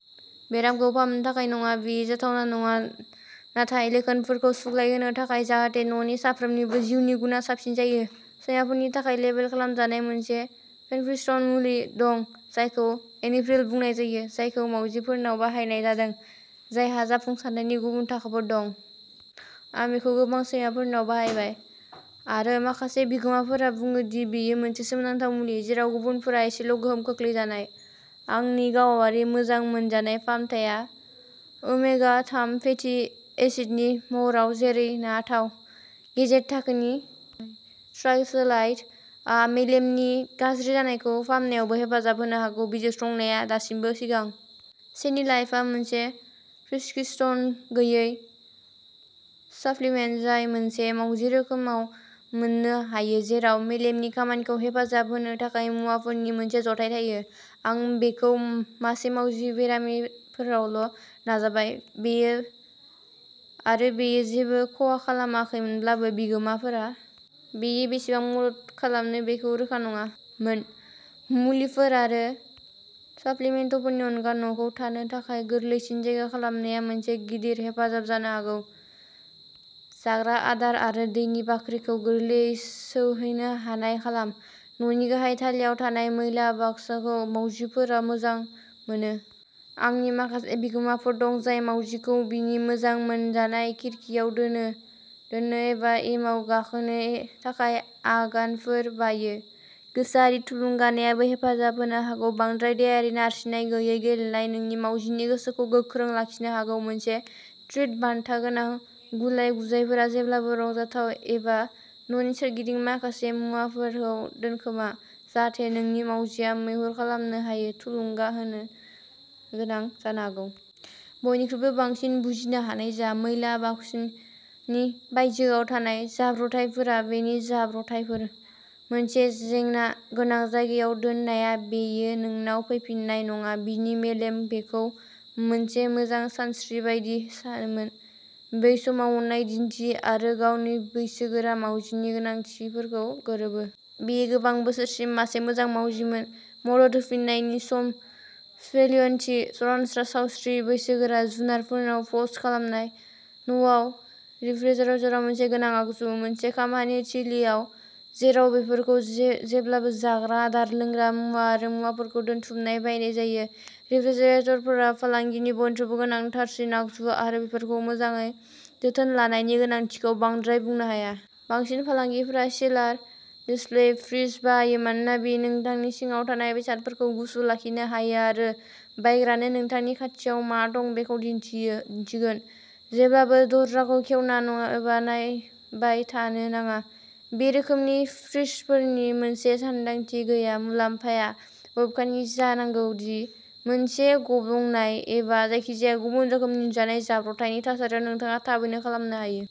बेरामखौ फाहामनो थाखाय नङा बेयो जाथावना नङा नाथाय लैखोनफोरखौ सुग्लायहोनो थाखाय जाहाथे न'नि साफ्रोमनिबो जिउनि गुनआ साबसिन जायो। सैमाफोरनि थाखाय लेबेल खालामजानाय मोनसे प्रेसक्रिप्शन मुलि दं, जायखौ एनिप्रिल बुंनाय जायो, जायखौ मावजिफोरनाव बाहायनाय जादों, जायहा जाफुंसारनायनि गुबुन गुबुन थाखोफोर दं। आं बेखौ गोबां सैमाफोरनाव बाहायबाय, आरो माखासे बिगोमाफोरा बुङो दि बेयो मोनसे सोमोनांथाव मुलि, जेराव गुबुनफोरा एसेल' गोहोम खोख्लैजानाय। आंनि गावारि मोजां मोनजानाय फाहामथाया ओमेगा थाम फेटि एसिडनि महराव, जेरै ना थाव। गेजेर थाखोनि ट्राइग्लिसाराइड्स आ मेलेमनि गाज्रि जानायखौ फाहामनायावबो हेफाजाब होनो हागौ बिजिरसंनाया दासिमबो सिगां। सेनिलाइफआ मोनसे प्रिस्क्रिप्शन गैयै साप्लिमेन्ट जाय मोनसे मावजि रोखोमाव मोननो हायो जेराव मेलेमनि खामानिखौ हेफाजाब होनो थाखाय मुवाफोरनि मोनसे जथाय थायो। आं बेखौ मासे मावजि बेरामिफोरावल' नाजाबाय, आरो बेयो जेबो खहा खालामाखैमोनब्लाबो, बिगोमाफोरा। बेयो बेसेबां मदद खालामो बेखौ रोखा नङामोन। मुलिफोर आरो साप्लिमेन्टफोरनि अनगा, न'खौ थानो थाखाय गोरलैसिन जायगा खालामनाया मोनसे गिदिर हेफाजाब जानो हागौ जाग्रा आदार आरो दैनि बाख्राखौ गोरलैयै सौहैनो हानाय खालाम। न'नि गाहाय थालायाव थानाय मैला बाक्साखौ मावजिफोरा मोजां मोनो। आंनि माखासे बिगोमाफोर दं, जाय मावजिखौ बिनि मोजां मोनजानाय खिरखिआव दोननो एबा एमाव गाखोनो थाखाय आगानफोर बायो गोसोआरि थुलुंगानायाबो हेफाजाब होनो हागौ बांद्राय देहायारि नारसिननाय गैयै गेलेनाया नोंनि मावजिनि गोसोखौ गोख्रों लाखिनो हागौ मोनसे ट्रिट बान्था गोनां गुलाय-गुजायफोरा जेब्लाबो रंजाथाव, एबा न'नि सोरगिदिं माखासे मुवाफोरखौ दोनखोमा, जाहाथे नोंनि मावजिआ मैहुर खालामनो हायो, थुलुंगा गोनां जानो हागौ। बयनिख्रुइबो बांसिन, बुजिनो हानाय जा। मैला बाक्सानि बायजोआव जानाय जाब्रबथायफोरा बेनो जाब्रबथायफोर। मोनसे जेंना गोनां जायगायाव दोननाया बियो नोंनाव फैफिन्नाय नङा बिनि मेलेमआ बेखौ मोनसे मोजां सानस्रि बायदि सानोमोन। बै समाव अननाय दिन्थि, आरो गावनि बैसोगोरा मावजिनि गोनांथिफोरखौ गोरोबहो। बियो गोबां बोसोरसिम मासे मोजां मावजिमोन मदद होफिन्नायनि सम फेलिइन थि, सरासनस्रा सावस्रि, बैसोगोरा जुनारफोराव पस्ट खालामनाय। न'आव, रेफ्रिजारेटरआ मोनसे गोनां आगजु। मोनसे खामानि थिलिआव जेराव बेफोरखौ जेब्लाबो जाग्रा आदार, लोंग्रा मुवाफोर आरो मुवाफोरखौ दोनथुमनो बाहायनाय जायो, रेफ्रिजारेटरफोरा फालांगिनि बयनिख्रुइबो गोनांथारसिन आगजुफोर आरो बेफोरखौ मोजाङै जोथोन लानायनि गोनांथिखौ बांद्राय बुंनो हाया। बांसिन फालांगिफोरा चिलार डिस्प्ले फ्रिज बाहायो मानोना बेयो नोंथांनि सिङाव थानाय बेसादफोरखौ गुसु लाखिनो हायो आरो बायग्रानो नोंथांनि खाथियाव मा दं बेखौ दिन्थिगोन, जेब्लाबो दरजाखौ खेवना एबा नायबाय थानो नाङा। बे रोखोमनि फ्रिजफोरनि मोनसे सानदांथि गैयै मुलाम्फाया बबेखानि जानांगौ दि मोनसे गब्लंनाय एबा जायखिजाया गुबुन रोखोमनि नुजानाय जाब्रबथायनि थासारियाव, नोंथाङा थाबैनो खालामनो हायो।